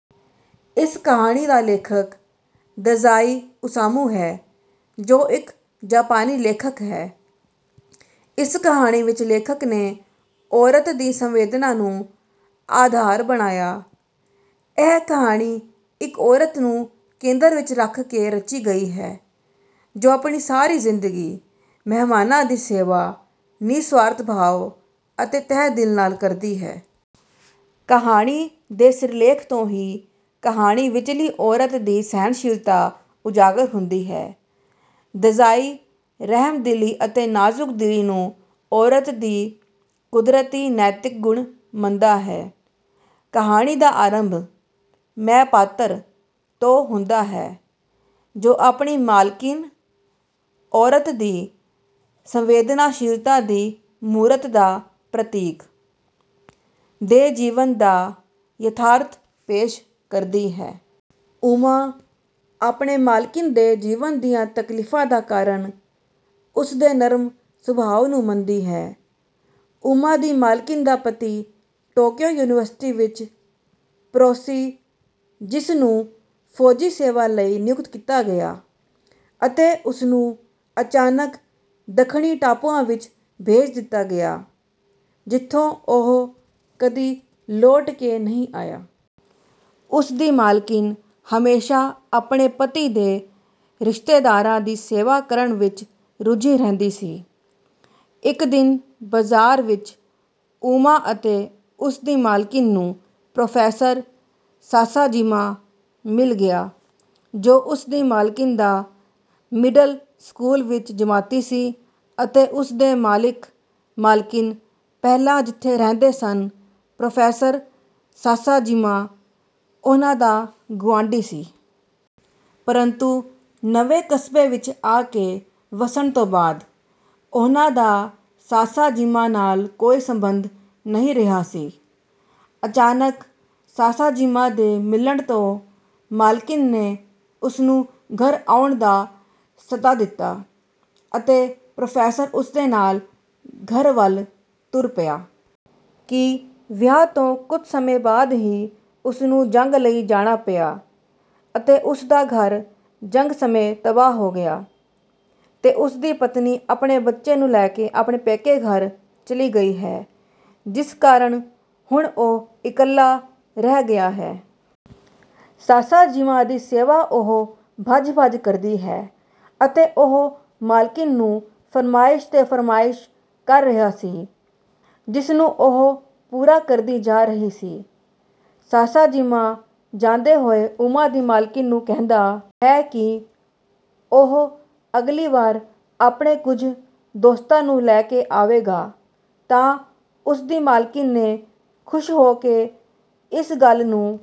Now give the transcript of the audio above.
ਇਸ ਕਹਾਣੀ ਦਾ ਲੇਖਕ ਦਜ਼ਾਈ ਓਸਾਮੂ ਹੈ ਜੋ ਇੱਕ ਜਪਾਨੀ ਲੇਖਕ ਹੈ। ਇਸ ਕਹਾਣੀ ਵਿੱਚ ਲੇਖਕ ਨੇ ਔਰਤ ਦੀ ਸੰਵੇਦਨਾ ਨੂੰ ਆਧਾਰ ਬਣਾਇਆ। ਇਹ ਕਹਾਣੀ ਇੱਕ ਔਰਤ ਨੂੰ ਕੇਂਦਰ ਵਿੱਚ ਰੱਖ ਕੇ ਰਚੀ ਗਈ ਹੈ ਜੋ ਆਪਣੀ ਸਾਰੀ ਜ਼ਿੰਦਗੀ ਮਹਿਮਾਨਾਂ ਦੀ ਸੇਵਾ ਨਿਰਸਵਾਰਥ ਭਾਵ ਅਤੇ ਤਹਿ ਦਿਲ ਨਾਲ ਕਰਦੀ ਹੈ। ਕਹਾਣੀ ਦੇ ਸਿਰਲੇਖ ਤੋਂ ਹੀ ਕਹਾਣੀ ਵਿਚਲੀ ਔਰਤ ਦੀ ਸਹਿਨਸ਼ੀਲਤਾ ਉਜਾਗਰ ਹੁੰਦੀ ਹੈ। ਦਜ਼ਾਈ ਰਹਿਮਦਿਲੀ ਅਤੇ ਨਾਜ਼ੁਕ ਦਿਲੀ ਨੂੰ ਔਰਤ ਦੀ ਕੁਦਰਤੀ ਨੈਤਿਕ ਗੁਣ ਮੰਨਦਾ ਹੈ। ਕਹਾਣੀ ਦਾ ਆਰੰਭ ਮੈਂ ਪਾਤਰ ਤੋਂ ਹੁੰਦਾ ਹੈ ਜੋ ਆਪਣੀ ਮਾਲਕਿਨ, ਔਰਤ ਦੀ ਸੰਵੇਦਨਸ਼ੀਲਤਾ ਦੀ ਮੂਰਤ ਦਾ ਪ੍ਰਤੀਕ, ਦੇ ਜੀਵਨ ਦਾ ਯਥਾਰਥ ਪੇਸ਼ ਕਰਦੀ ਹੈ। ਉਮਾ ਆਪਣੀ ਮਾਲਕਿਨ ਦੇ ਜੀਵਨ ਦੀਆਂ ਤਕਲੀਫਾਂ ਦਾ ਕਾਰਨ ਉਸ ਦੇ ਨਰਮ ਸੁਭਾਅ ਨੂੰ ਮੰਨਦੀ ਹੈ। ਉਮਾ ਦੀ ਮਾਲਕਿਨ ਦਾ ਪਤੀ ਟੋਕੀਯੋ ਯੂਨੀਵਰਸਿਟੀ ਵਿੱਚ ਪ੍ਰੋਸੀ ਜਿਸ ਨੂੰ ਫੌਜੀ-ਸੇਵਾ ਲਈ ਨਿਯੁਕਤ ਕੀਤਾ ਗਿਆ ਅਤੇ ਉਸਨੂੰ ਅਚਾਨਕ ਦੱਖਣੀ ਟਾਪੂਆਂ ਵਿੱਚ ਭੇਜ ਦਿੱਤਾ ਗਿਆ ਜਿਥੋਂ ਉਹ ਕਦੀ ਲੋਟ ਕੇ ਨਹੀਂ ਆਇਆ। ਉਸ ਦੀ ਮਾਲਕਿਨ ਹਮੇਸ਼ਾ ਆਪਣੇ ਪਤੀ ਦੇ ਰਿਸ਼ਤੇਦਾਰਾਂ ਦੀ ਸੇਵਾ ਕਰਨ ਵਿੱਚ ਰੁੱਝੀ ਰਹਿੰਦੀ ਸੀ। ਇੱਕ ਦਿਨ ਬਜ਼ਾਰ ਵਿੱਚ ਉਮਾ ਅਤੇ ਉਸ ਦੀ ਮਾਲਕਿਨ ਨੂੰ ਪ੍ਰੋਫੈਸਰ ਸਾਸਾਜੀਮਾ ਮਿਲ ਗਿਆ ਜੋ ਉਸ ਦੀ ਮਾਲਕਿਨ ਦਾ ਮਿਡਲ ਸਕੂਲ ਵਿੱਚ ਜਮਾਤੀ ਸੀ ਅਤੇ ਉਸ ਦੇ ਮਾਲਿਕ ਮਾਲਕਿਨ ਪਹਿਲਾਂ ਜਿਥੇ ਰਹਿੰਦੇ ਸਨ ਪ੍ਰੋਫੈਸਰ ਸਾਸਾਜੀਮਾ ਉਹਨਾਂ ਦਾ ਗੁਆਂਡੀ ਸੀ। ਪਰੰਤੂ ਨਵੇਂ ਕਸਬੇ ਵਿੱਚ ਆ ਕੇ ਵਸਣ ਤੋਂ ਬਾਅਦ ਉਹਨਾਂ ਦਾ ਸਾਸਾਜੀਮਾ ਨਾਲ ਕੋਈ ਸੰਬਧ ਨਹੀਂ ਰਿਹਾ ਸੀ। ਅਚਾਨਕ ਸਾਸਾਜੀਮਾ ਦੇ ਮਿਲਣ ਤੋਂ ਮਾਲਕਿਨ ਨੇ ਉਸਨੂੰ ਘਰ ਆਉਣ ਦਾ ਸੱਦਾ ਦਿੱਤਾ ਅਤੇ ਪ੍ਰੋਫੈਸਰ ਉਸ ਦੇ ਨਾਲ ਘਰ ਵਾਲ ਤੁਰ ਪਿਆ। ਕਿ ਵਿਆਹ ਤੋਂ ਕੁੱਝ ਸਮੇਂ ਬਾਅਦ ਹੀ ਉਸਨੂੰ ਜੰਗ ਲਈ ਜਾਣਾ ਪਿਆ ਅਤੇ ਉਸ ਦਾ ਘਰ ਜੰਗ ਸਮੇਂ ਤਬਾਹ ਹੋ ਗਿਆ ਤੇ ਉਸ ਦੀ ਪਤਨੀ ਆਪਣੇ ਬੱਚੇ ਨੂੰ ਲੈ ਕੇ ਆਪਣੇ ਪੇਕੇ ਘਰ ਚਲੀ ਗਈ ਹੈ ਜਿਸ ਕਾਰਨ ਹੁਣ ਓਹ ਇਕੱਲਾ ਰਹਿ ਗਿਆ ਹੈ। ਸਾਸਾਜੀਮਾ ਦੀ ਸੇਵਾ ਉਹ ਭੱਜ-ਭੱਜ ਕਰਦੀ ਹੈ ਅਤੇ ਉਹ ਮਾਲਕਿਨ ਨੂੰ ਫਰਮਾਇਸ਼ ਤੇ ਫਰਮਾਇਸ਼ ਕਰ ਰਿਹਾ ਸੀ ਜਿਸ ਨੂੰ ਉਹ ਪੂਰਾ ਕਰਦੀ ਜਾ ਰਹੀ ਸੀ। ਸਾਸਾਜੀਮਾ ਜਾਂਦੇ ਹੋਏ ਉਮਾ ਦੀ ਮਾਲਕਿਨ ਨੂੰ ਕਹਿੰਦਾ ਹੈ ਕਿ ਉਹ ਅਗਲੀ ਵਾਰ ਆਪਣੇ ਕੁੱਝ ਦੋਸਤਾਂ ਨੂੰ ਲੈ ਕੇ ਆਵੇਗਾ ਤਾਂ ਉਸ ਦੀ ਮਾਲਕਿਨ ਨੇ ਖੁਸ਼ ਹੋ ਕੇ ਇਸ ਗੱਲ ਨੂੰ